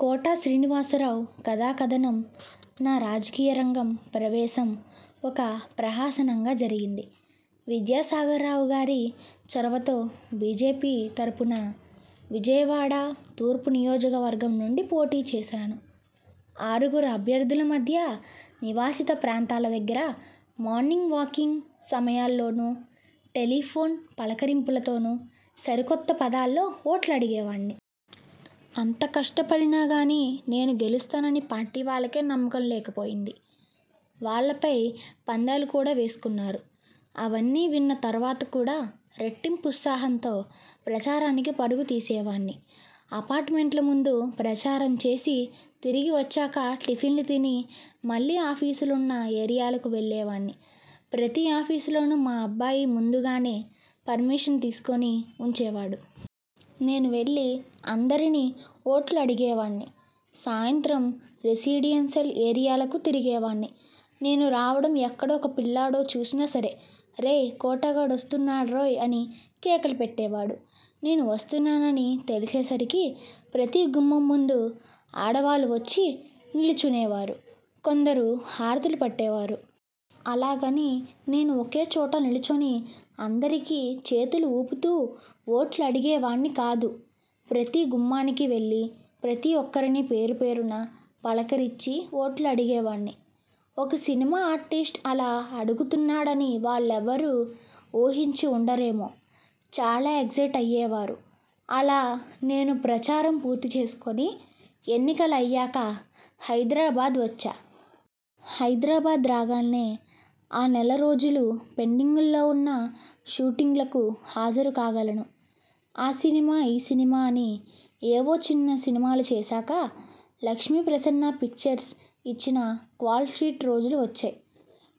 కోట శ్రీనివాసరావు కథాకథనం నా రాజకీయరంగ ప్రవేశం ఒక ప్రహసనంగా జరిగింది. విద్యాసాగరరావుగారి చొరవతో బి. జె. పి తరపున విజయవాడ తూర్పు నియోజకవర్గం నుండి పోటీ చేశాను. ఆరుగురు ఆభ్యర్థుల మధ్య నివాసిత ప్రాంతాల దగ్గర, మార్నింగ్ వాకింగ్ సమయాల్లోనూ, టెలిఫోన్ పలకరింపులతోనూ సరికొత్త పంథాలో ఓట్లు అడిగేవాణ్ణి. అంత కష్టపడినాగానీ నేను గెలుస్తానని పార్టీ వాళ్ళకే నమ్మకం లేకపోయింది. వాళ్ళు పై పందాలు కూడా వేసుకున్నారు. అవన్నీ విన్న తర్వాత కూడా రెట్టింపు ఉత్సాహంతో ప్రచారానికి పరుగులు తీసేవాణ్ణి. అపార్ట్మెంట్ల ముందు ప్రచారంచేసి తిరిగివచ్చాక టిఫిన్లు తిని మళ్ళీ ఆఫీసులున్న ఏరియాలకు వెళ్ళేవాణ్ణి. ప్రతి ఆఫీసులోనూ మా అబ్బాయి ముందుగానే పర్మిషన్ తీసుకుని ఉంచేవాడు. నేనువెళ్ళి అందరినీ ఓట్లు అడిగేవాణ్ణి. సాయంత్రం రెసిడెన్షియల్ ఏరియాలకు తిరిగేవాణ్ణి. నేను రావడం ఎక్కడో ఓ పిల్లాడోక చూసినా సరే 'రేయ్.. కోటగాడు వస్తున్నాడ్రోయ్' అని కేకలు పెట్టేవాడు. నేను వస్తున్నానని తెలిసేసరికి ప్రతి గుమ్మం ముందు ఆడవాళ్లు వచ్చి నిలుచునేవారు. కొందరు హారతులు పట్టేవారు. అలాగని నేను ఒకేచోట నిలుచుని అందరికీ చేతులు ఊపుతూ ఓట్లు అడిగేవాణ్ణి కాదు. ప్రతి గుమ్మానికీవెళ్ళి ప్రతి ఒక్కరినీ పేరుపేరునా పలకరించి ఓట్లు అడిగేవాణ్ణి. ఒక సినిమా ఆర్టిస్ట్ అలా అడుగుతున్నాడనీ వాళ్ళెవరూ ఊహించి ఉండరేమో. చాలా ఎగ్జయిట్ అయ్యేవారు. అలా నేను ప్రచారం పూర్తిచేసుకుని, ఎన్నికలు అయ్యాక హైదరాబాద్ వచ్చా. హైదరాబాద్ రాగానే ఆ నెల రోజులూ పెండింగ్లో ఉన్న షూటింగ్లకు హాజరుకాసాగాను. ఆ సినిమా, ఈ సినిమా అని, ఏవో చిన్న సినిమాలు చేశాక లక్ష్మీప్రసన్న పిక్చర్స్కు ఇచ్చిన కాల్షీట్ రోజులు వచ్చాయి.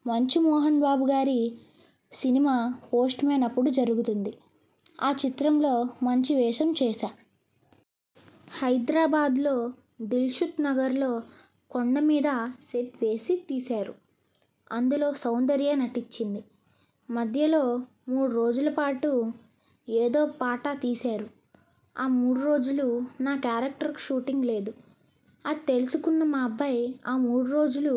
మంచు మోహన్బాబుగారి సినిమా 'పోస్ట్మేన్' అప్పుడు జరుగుతోంది. ఆ చిత్రంలో మంచి వేషం చేశా. హైదరాబాద్లో దిల్సుఖ్నగర్లో కొండమీద సెట్ వేసి తీశారు. అందులో సౌందర్య నటించింది. మధ్యలో మూడురోజులపాటు ఏదో పాట తీశారు. ఆ మూడు రోజులు నా కేరెక్టర్కు షూటింగ్ లేదు. అది తెలుసుకున్న మా అబ్బాయి'ఆ మూడు రోజులు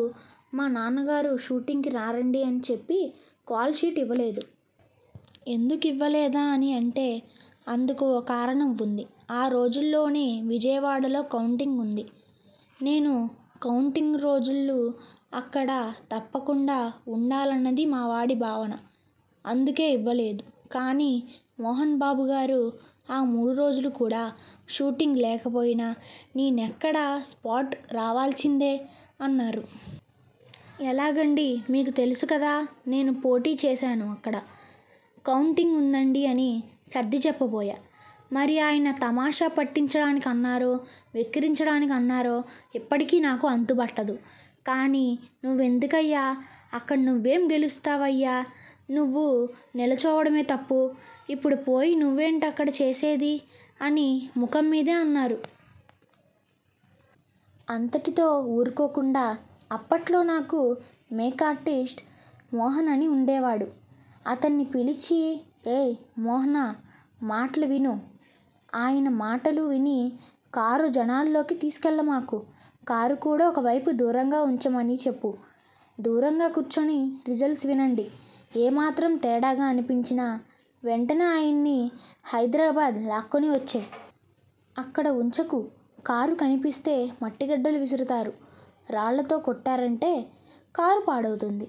మా నాన్నగారు షూటింగ్కు రారండీ' అని చెప్పి కాల్షీట్ ఇవ్వలేదు. ఎందుకివ్వలేదా? అని అంటే.. అందుకూ ఓ కారణం ఉంది. ఆ రోజుల్లోనే విజయవాడలో కౌంటింగ్ ఉంది. నేను కౌంటింగ్రోజు అక్కడ తప్పకుండా ఉండాలన్నది మావాడి భావన. అందుకే ఇవ్వలేదు. కానీ మోహన్బాబుగారు ఆ మూడు రోజులు కూడా షూటింగ్ లేకపోయినా నేనక్కడ స్పాట్కి రావాల్సిందే అన్నారు. 'ఎలాగండి.. మీకు తెలుసుకదా.. నేను పోటీ చేశాను. అక్కడ కౌంటింగ్ ఉందండీ' అని సర్దిచెప్పబోయా.. మరి ఆయన తమాషా పట్టించడానికి అన్నారో.. వెక్కిరించడానికి అన్నారో ఇప్పటికీ నాకు అంతుబట్టదు కానీ'నువ్వెందుకయ్యా అక్కడికినువ్వేం గెలుస్తావయ్యా.. నువ్వు నిలుచోవడమే తప్పు. ఇప్పుడు పోయి నువ్వేంటి అక్కడ చేసేది' అని ముఖం మీదే అన్నారు. అంతటితో ఊరుకోకుండా అప్పట్లో నాకు మేకప్మేన్ మోహన్ అని ఉండేవాడు.. అతన్ని పిలిచి 'ఏయ్ మోహన్నా మాటలు విను. ఆయన మాటలు విని కారు జనాల్లోకి తీసుకెళ్ళమాకు. కారును కూడా ఓ వైపు దూరంగా ఉంచమని చెప్పు. దూరంగా కూర్చుని రిజల్స్ వినండి. ఏమాత్రం తేడాగా అనిపించినా వెంటనే ఆయన్ని హైదరాబాద్ లాక్కుని వచ్చెయ్. అక్కడ ఉంచకు. కారు కనిపిస్తే మట్టిగడ్డలు విసురుతారు. రాళ్ళతో కొట్టారంటే కారు పాడవుతుంది..